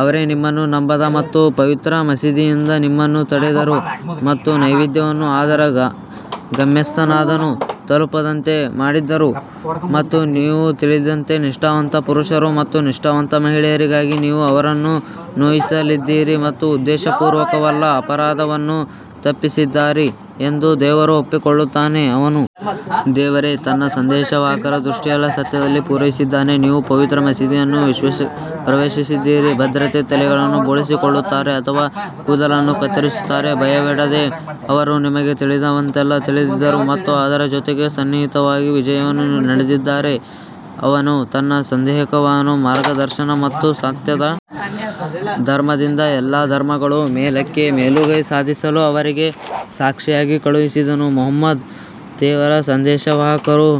ಅವರೇ ನಿಮ್ಮನ್ನು ನಂಬದ ಮತ್ತು ಪವಿತ್ರ ಮಸೀದಿಯಿಂದ ನಿಮ್ಮನ್ನು ತಡೆದರು ಮತ್ತು ನೈವೇದ್ಯವನ್ನು ಅದರ ಗಮ್ಯಸ್ಥಾನವನ್ನು ತಲುಪದಂತೆ ತಡೆದರು ಮತ್ತು ನೀವು ತಿಳಿದಿರದ ನಿಷ್ಠಾವಂತ ಪುರುಷರು ಮತ್ತು ನಿಷ್ಠಾವಂತ ಮಹಿಳೆಯರಿಗಾಗಿ ನೀವು ಅವರನ್ನು ನೋಯಿಸಲಿದ್ದೀರಿ ಮತ್ತು ಉದ್ದೇಶಪೂರ್ವಕವಲ್ಲದ ಅಪರಾಧವನ್ನು ತಪ್ಪಿತಸ್ಥರಾಗಿದ್ದೀರಿ ಎಂದು ದೇವರು ಒಪ್ಪಿಕೊಳ್ಳುತ್ತಾನೆ. ಅವನು ದೇವರು ತನ್ನ ಸಂದೇಶವಾಹಕರ ದೃಷ್ಟಿಯನ್ನು ಸತ್ಯದಲ್ಲಿ ಪೂರೈಸಿದ್ದಾನೆ, ನೀವು ಪವಿತ್ರ ಮಸೀದಿಯನ್ನು ಪ್ರವೇಶಿಸುತ್ತೀರಿ, ಭದ್ರತೆಯ ತಲೆಗಳನ್ನು ಬೋಳಿಸಿಕೊಳ್ಳುತ್ತಾರೆ ಅಥವಾ ಕೂದಲನ್ನು ಕತ್ತರಿಸುತ್ತಾರೆ, ಭಯಪಡದೆ ಅವರು ನಿಮಗೆ ತಿಳಿದಿಲ್ಲವೆಂದು ತಿಳಿದಿದ್ದರು ಮತ್ತು ಅದರ ಜೊತೆಗೆ ಸನ್ನಿಹಿತವಾದ ವಿಜಯವನ್ನು ನೀಡಿದ್ದಾರೆ. ಅವನು ತನ್ನ ಸಂದೇಶವಾಹಕನನ್ನು ಮಾರ್ಗದರ್ಶನ ಮತ್ತು ಸತ್ಯದ ಧರ್ಮದೊಂದಿಗೆ ಎಲ್ಲಾ ಧರ್ಮಗಳ ಮೇಲೆ ಮೇಲುಗೈ ಸಾಧಿಸಲು ದೇವರಿಗೆ ಸಾಕ್ಷಿಯಾಗಿ ಕಳುಹಿಸಿದನು ಮುಹಮ್ಮದ್ ದೇವರ ಸಂದೇಶವಾಹಕರು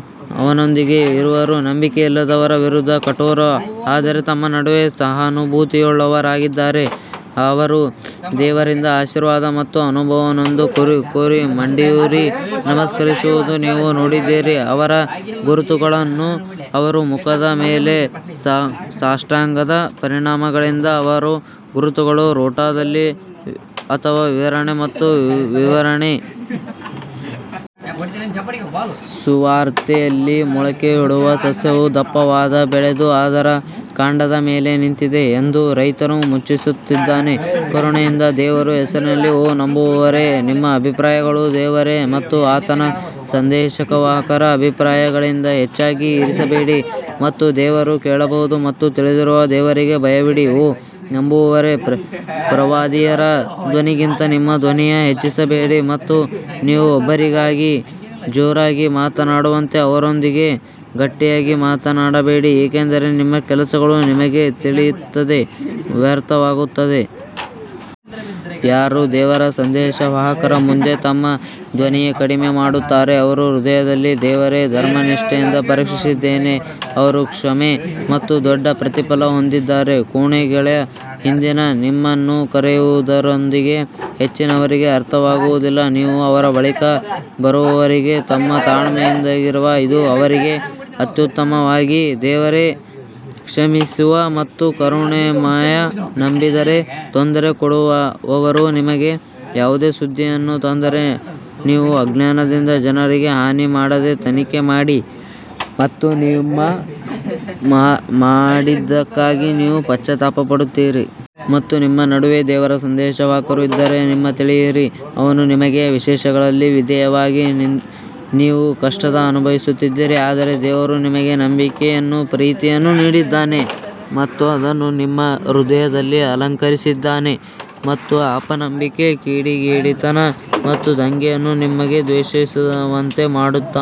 ಅವನೊಂದಿಗೆ ಇರುವವರು ನಂಬಿಕೆಯಿಲ್ಲದವರ ವಿರುದ್ಧ ಕಠೋರರು ಆದರೆ ತಮ್ಮ ನಡುವೆ ಸಹಾನುಭೂತಿಯುಳ್ಳವರಾಗಿದ್ದಾರೆ, ಅವರು ದೇವರಿಂದ ಆಶೀರ್ವಾದ ಮತ್ತು ಅನುಮೋದನೆಯನ್ನು ಕೋರಿ ಮಂಡಿಯೂರಿ ನಮಸ್ಕರಿಸುವುದನ್ನು ನೀವು ನೋಡುತ್ತೀರಿ, ಅವರ ಗುರುತುಗಳು ಅವರ ಮುಖದ ಮೇಲೆ ಸಾಷ್ಟಾಂಗದ ಪರಿಣಾಮಗಳಿಂದ ಅವರ ಗುರುತುಗಳು ಟೋರಾದಲ್ಲಿ ಅವರ ವಿವರಣೆ ಮತ್ತು ಅವುಗಳ ವಿವರಣೆ. ಸುವಾರ್ತೆಯಲ್ಲಿ ಮೊಳಕೆಯೊಡೆಯುವ ಸಸ್ಯವು ದಪ್ಪವಾಗಿ ಬೆಳೆದು ಅದರ ಕಾಂಡದ ಮೇಲೆ ನಿಂತಿದೆ ಎಂದು ರೈತರನ್ನು ಮೆಚ್ಚಿಸುತ್ತದೆ ಕರುಣಾಮಯಿ ದೇವರ ಹೆಸರಿನಲ್ಲಿ ಓ ನಂಬುವವರೇ, ನಿಮ್ಮ ಅಭಿಪ್ರಾಯಗಳನ್ನು ದೇವರು ಮತ್ತು ಆತನ ಸಂದೇಶವಾಹಕರ ಅಭಿಪ್ರಾಯಗಳಿಗಿಂತ ಹೆಚ್ಚಾಗಿ ಇರಿಸಬೇಡಿ ಮತ್ತು ದೇವರು ಕೇಳುವ ಮತ್ತು ತಿಳಿದಿರುವ ದೇವರಿಗೆ ಭಯಪಡಬೇಡಿ ಓ ನಂಬುವವರೇ, ಪ್ರವಾದಿಯವರ ಧ್ವನಿಗಿಂತ ನಿಮ್ಮ ಧ್ವನಿಯನ್ನು ಹೆಚ್ಚಿಸಬೇಡಿ ಮತ್ತು ನೀವು ಒಬ್ಬರಿಗೊಬ್ಬರು ಜೋರಾಗಿ ಮಾತನಾಡುವಂತೆ ಅವರೊಂದಿಗೆ ಗಟ್ಟಿಯಾಗಿ ಮಾತನಾಡಬೇಡಿ ಏಕೆಂದರೆ ನಿಮ್ಮ ಕೆಲಸಗಳು ನಿಮಗೆ ತಿಳಿಯದೆ ವ್ಯರ್ಥವಾಗುತ್ತವೆ. ಯಾರು ದೇವರ ಸಂದೇಶವಾಹಕರ ಮುಂದೆ ತಮ್ಮ ಧ್ವನಿಯನ್ನು ಕಡಿಮೆ ಮಾಡುತ್ತಾರೆ ಅವರ ಹೃದಯವನ್ನು ದೇವರು ಧರ್ಮನಿಷ್ಠೆಗಾಗಿ ಪರೀಕ್ಷಿಸಿದನೋ ಅವರು ಕ್ಷಮೆ ಮತ್ತು ದೊಡ್ಡ ಪ್ರತಿಫಲವನ್ನು ಹೊಂದಿರುತ್ತಾರೆ ಕೋಣೆಗಳ ಹಿಂದಿನಿಂದ ನಿಮ್ಮನ್ನು ಕರೆಯುವವರು ಹೆಚ್ಚಿನವರಿಗೆ ಅರ್ಥವಾಗುವುದಿಲ್ಲ ನೀವು ಅವರ ಬಳಿಗೆ ಬರುವವರೆಗೂ ಅವರು ತಾಳ್ಮೆಯಿಂದಿದ್ದರೆ ಅದು ಅವರಿಗೆ ಉತ್ತಮವಾಗುತ್ತಿತ್ತು ಆದರೆ ದೇವರು ಕ್ಷಮಿಸುವ ಮತ್ತು ಕರುಣಾಮಯಿ ನಂಬುವವರೇ, ತೊಂದರೆ ಕೊಡುವವರು ನಿಮಗೆ ಯಾವುದೇ ಸುದ್ದಿಯನ್ನು ತಂದರೆ ನೀವು ಅಜ್ಞಾನದಿಂದ ಜನರಿಗೆ ಹಾನಿ ಮಾಡದಂತೆ ತನಿಖೆ ಮಾಡಿ ಮತ್ತು ನೀವು ಮಾಡಿದ್ದಕ್ಕಾಗಿ ನೀವು ಪಶ್ಚಾತ್ತಾಪ ಪಡುತ್ತೀರಿ. ಮತ್ತು ನಿಮ್ಮ ನಡುವೆ ದೇವರ ಸಂದೇಶವಾಹಕರು ಇದ್ದಾರೆ ಎಂದು ತಿಳಿಯಿರಿ, ಅವನು ನಿಮಗೆ ಅನೇಕ ವಿಷಯಗಳಲ್ಲಿ ವಿಧೇಯನಾಗಿದ್ದರೆ ನೀವು ಕಷ್ಟವನ್ನು ಅನುಭವಿಸುತ್ತಿದ್ದಿರಿ ಆದರೆ ದೇವರು ನಿಮಗೆ ನಂಬಿಕೆಯ ಪ್ರೀತಿಯನ್ನು ನೀಡಿದ್ದಾನೆ ಮತ್ತು ಅದನ್ನು ನಿಮ್ಮ ಹೃದಯದಲ್ಲಿ ಅಲಂಕರಿಸಿದ್ದಾನೆ ಮತ್ತು ಅಪನಂಬಿಕೆ ಕಿಡಿಗೇಡಿತನ ಮತ್ತು ದಂಗೆಯನ್ನು ನಿಮಗೆ ದ್ವೇಷಿಸುವಂತೆ ಮಾಡಿದ್ದಾನೆ.